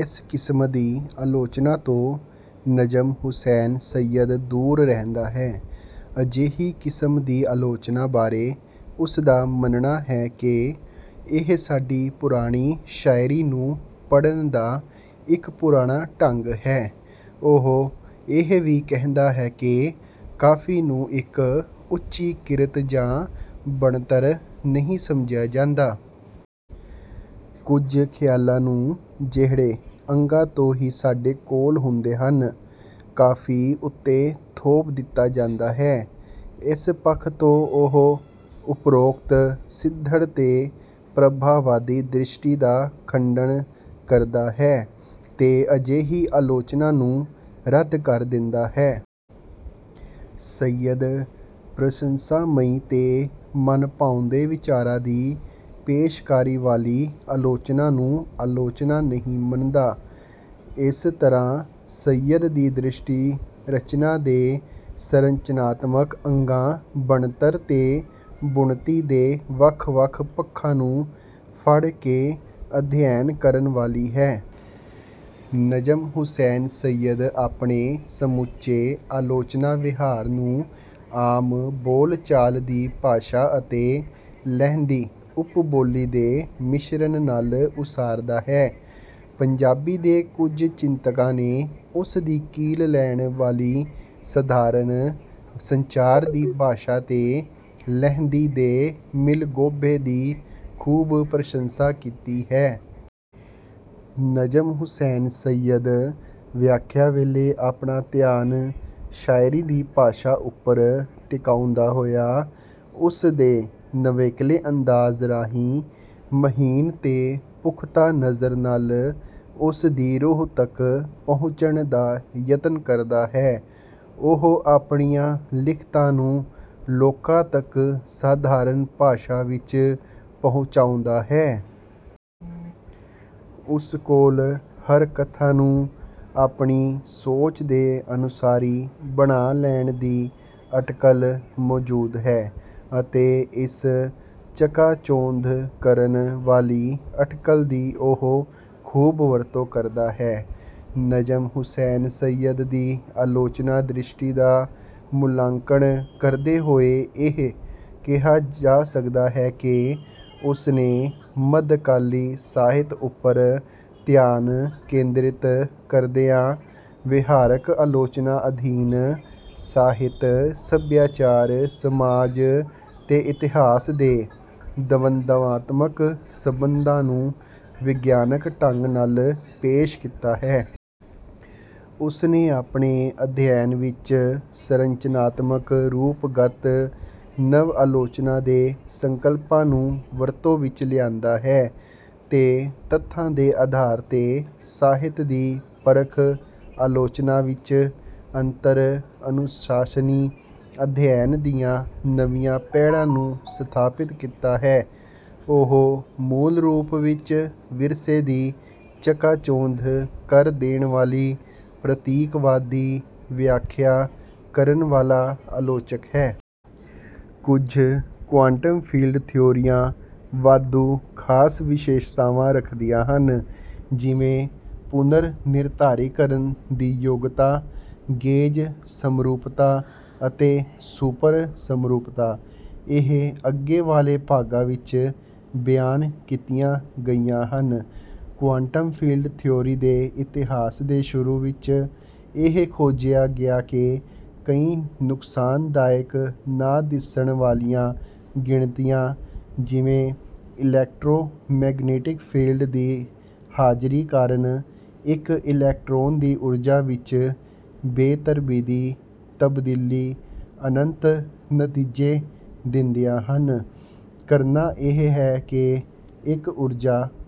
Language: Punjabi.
ਇਸ ਕਿਸਮ ਦੀ ਆਲੋਚਨਾ ਤੋਂ ਨਜਮ ਹੁਸੈਨ ਸੱਯਦ ਦੂਰ ਰਹਿੰਦਾ ਹੈ। ਅਜਿਹੀ ਕਿਸਮ ਦੀ ਆਲੋਚਨਾ ਬਾਰੇ ਉਸਦਾ ਮੰਨਣਾ ਹੈ ਕਿ, ਇਹ ਸਾਡੀ ਪੁਰਾਣੀ ਸ਼ਾਇਰੀ ਨੂੰ ਪੜ੍ਹਨ ਦਾ ਇੱਕ ਪੁਰਾਣਾ ਢੰਗ ਹੈ। ਉਹ ਇਹ ਵੀ ਕਹਿੰਦਾ ਹੈ ਕਿ ਕਾਫ਼ੀ ਨੂੰ ਇੱਕ ਉੱਚੀ ਕਿਰਤ ਜਾਂ ਬਣਤਰ ਨਹੀਂ ਸਮਝਿਆ ਜਾਂਦਾ। ਕੁਝ ਖਿਆਲਾਂ ਨੂੰ, ਜਿਹੜੇ ਅਗਾਂ ਤੋਂ ਹੀ ਸਾਡੇ ਕੋਲ ਹੁੰਦੇ ਹਨ, ਕਾਫ਼ੀ ਉੱਤੇ ਥੋਪ ਦਿੱਤਾ ਜਾਂਦਾ ਹੈ। ਇਸ ਪੱਖ ਤੋਂ ਉਹ ਉਪਰੋਕਤ ਸਿੱਧੜ ਤੇ ਪ੍ਰਭਾਵਾਦੀ ਦ੍ਰਿਸ਼ਟੀ ਦਾ ਖੰਡਨ ਕਰਦਾ ਹੈ ਤੇ ਅਜਿਹੀ ਆਲੋਚਨਾ ਨੂੰ ਰੱਦ ਕਰ ਦਿੰਦਾ ਹੈ। ਸੱਯਦ ਪ੍ਰਸੰਸਾਮਈ ਤੇ ਮਨਭਾਉਂਦੇ ਵਿਚਾਰਾਂ ਦੀ ਪੇਸ਼ਕਾਰੀ ਵਾਲੀ ਆਲੋਚਨਾ ਨੂੰ ਆਲੋਚਨਾ ਨਹੀਂ ਮੰਨਦਾ। ਇਸ ਤਰ੍ਹਾਂ ਸੱਯਦ ਦੀ ਦ੍ਰਿਸ਼ਟੀ ਰਚਨਾ ਦੇ ਸੰਰਚਨਾਤਮਕ ਅੰਗਾਂ, ਬਣਤਰ ਤੇ ਬੁਣਤੀ ਦੇ ਵੱਖ-ਵੱਖ ਪੱਖਾਂ ਨੂੰ ਫੜ੍ਹ ਕੇ ਅਧਿਐਨ ਕਰਨ ਵਾਲੀ ਹੈ। ਨਜਮ ਹੁਸੈਨ ਸੱਯਦ ਆਪਣੇ ਸਮੁੱਚੇ ਆਲੋਚਨਾ ਵਿਹਾਰ ਨੂੰ ਆਮ ਬੋਲ-ਚਾਲ ਦੀ ਭਾਸ਼ਾ ਅਤੇ ਲਹਿੰਦੀ ਉਪਬੋਲੀ ਦੇ ਮਿਸ਼ਰਨ ਨਾਲ ਉਸਾਰਦਾ ਹੈ। ਪੰਜਾਬੀ ਦੇ ਕੁਝ ਚਿੰਤਕਾਂ ਨੇ ਉਸ ਦੀ ਕੀਲ ਲੈਣ ਵਾਲੀ ਸਧਾਰਨ ਸੰਚਾਰ ਦੀ ਭਾਸ਼ਾ ਤੇ ਲਹਿੰਦੀ ਦੇ ਮਿਲਗੋਭੇ ਦੀ ਖੂਬ ਪ੍ਰਸੰਸਾ ਕੀਤੀ ਹੈ। ਨਜਮ ਹੁਸੈਨ ਸੱਯਦ ਵਿਆਖਿਆ ਵੇਲੇ ਆਪਣਾ ਧਿਆਨ ਸ਼ਾਇਰੀ ਦੀ ਭਾਸ਼ਾ ਉੱਪਰ ਟਿਕਾਉਂਦਾ ਹੋਇਆ, ਉਸਦੇ ਨਵੇਕਲੇ ਅੰਦਾਜ਼ ਰਾਹੀਂ, ਮਹੀਨ ਤੇ ਪੁਖਤਾ ਨਜ਼ਰ ਨਾਲ, ਉਸ ਦੀ ਰੂਹ ਤੱਕ ਪਹੁੰਚਣ ਦਾ ਯਤਨ ਕਰਦਾ ਹੈ। ਉਹ ਆਪਣੀਆਂ ਲਿਖਤਾਂ ਨੂੰ ਲੋਕਾਂ ਤੱਕ ਸਾਧਾਰਨ ਭਾਸ਼ਾ ਵਿੱਚ ਪਹੁੰਚਾਉਂਦਾ ਹੈ। ਉਸ ਕੋਲ ਹਰ ਕਥਾ ਨੂੰ ਆਪਣੀ ਸੋਚ ਦੇ ਅਨੁਸਾਰੀ ਬਣਾ ਲੈਣ ਦੀ ਅਟਕਲ ਮੌਜੂਦ ਹੈ, ਅਤੇ ਇਸ ਚਕਾਚੌਂਧ ਕਰਨ ਵਾਲੀ ਅਟਕਲ ਦੀ ਉਹ ਖੂਬ ਵਰਤੋਂ ਕਰਦਾ ਹੈ। ਨਜਮ ਹੁਸੈਨ ਸੱਯਦ ਦੀ ਆਲੋਚਨਾ ਦ੍ਰਿਸ਼ਟੀ ਦਾ ਮੁਲਾਂਕਣ ਕਰਦੇ ਹੋਏ ਇਹ ਕਿਹਾ ਜਾ ਸਕਦਾ ਹੈ ਕਿ ਉਸਨੇ ਮੱਧਕਾਲੀ ਸਾਹਿਤ ਉੱਪਰ ਧਿਆਨ ਕੇਂਦਰਿਤ ਕਰਦਿਆਂ ਵਿਹਾਰਕ ਆਲੋਚਨਾ ਅਧੀਨ ਸਾਹਿਤ, ਸਭਿਆਚਾਰ, ਸਮਾਜ ਤੇ ਇਤਿਹਾਸ ਦੇ ਦਵੰਦਾਤਮਕ ਸੰਬੰਧਾਂ ਨੂੰ ਵਿਗਿਆਨਕ ਢੰਗ ਨਾਲ ਪੇਸ਼ ਕੀਤਾ ਹੈ। ਉਸਨੇ ਆਪਣੇ ਅਧਿਐਨ ਵਿੱਚ ਸੰਰਚਨਾਤਮਕ, ਰੂਪਗਤ, ਨਵ-ਆਲੋਚਨਾ ਦੇ ਸੰਕਲਪਾਂ ਨੂੰ ਵਰਤੋਂ ਵਿੱਚ ਲਿਆਂਦਾ ਹੈ ਤੇ ਤੱਥਾਂ ਦੇ ਆਧਾਰ ਤੇ ਸਾਹਿਤ ਦੀ ਪਰਖ-ਆਲੋਚਨਾ ਵਿੱਚ ਅੰਤਰ-ਅਨੁਸ਼ਾਸਨੀ ਅਧਿਐਨ ਦੀਆਂ ਨਵੀਆਂ ਪੈੜਾਂ ਨੂੰ ਸਥਾਪਿਤ ਕੀਤਾ ਹੈ। ਉਹ ਮੂਲ ਰੂਪ ਵਿੱਚ ਵਿਰਸੇ ਦੀ ਚਕਾਚੌਂਧ ਕਰ ਦੇਣ ਵਾਲੀ ਪ੍ਰਤੀਕਵਾਦੀ ਵਿਆਖਿਆ ਕਰਨ ਵਾਲਾ ਆਲੋਚਕ ਹੈ। ਕੁਝ ਕੁਆਂਟਮ ਫੀਲਡ ਥਿਊਰੀਆਂ, ਵਾਧੂ ਖਾਸ ਵਿਸ਼ੇਸ਼ਤਾਵਾਂ ਰੱਖਦੀਆਂ ਹਨ, ਜਿਵੇਂ ਪੁਨਰ-ਨਿਰਧਾਰੀਕਰਨ ਦੀ ਯੋਗਤਾ, ਗੇਜ ਸਮਰੂਪਤਾ, ਅਤੇ ਸੁਪਰ ਸਮਰੂਪਤਾ। ਇਹ ਅੱਗੇ ਵਾਲੇ ਭਾਗਾਂ ਵਿੱਚ ਬਿਆਨ ਕੀਤੀਆਂ ਗਈਆਂ ਹਨ। ਕੁਆਂਟਮ ਫੀਲਡ ਥਿਊਰੀ ਦੇ ਇਤਿਹਾਸ ਦੇ ਸ਼ੁਰੂ ਵਿੱਚ, ਇਹ ਖੋਜਿਆ ਗਿਆ ਕਿ ਕਈ ਨੁਕਸਾਨਦਾਇਕ ਨਾ ਦਿਸਣ ਵਾਲੀਆਂ ਗਿਣਤੀਆਂ, ਜਿਵੇਂ ਇਲੈਕਟ੍ਰੋਮੈਗਨੈਟਿਕ ਫੀਲਡ ਦੀ ਹਾਜ਼ਰੀ ਕਾਰਨ ਇੱਕ ਇਲੈਕਟ੍ਰੋਨ ਦੀ ਊਰਜਾ ਵਿੱਚ ਬੇਤਰਤੀਬੀ ਤਬਦੀਲੀ, ਅਨੰਤ ਨਤੀਜੇ ਦਿੰਦੀਆਂ ਹਨ। ਕਰਨਾ ਇਹ ਹੈ ਕਿ ਇੱਕ ਊਰਜਾ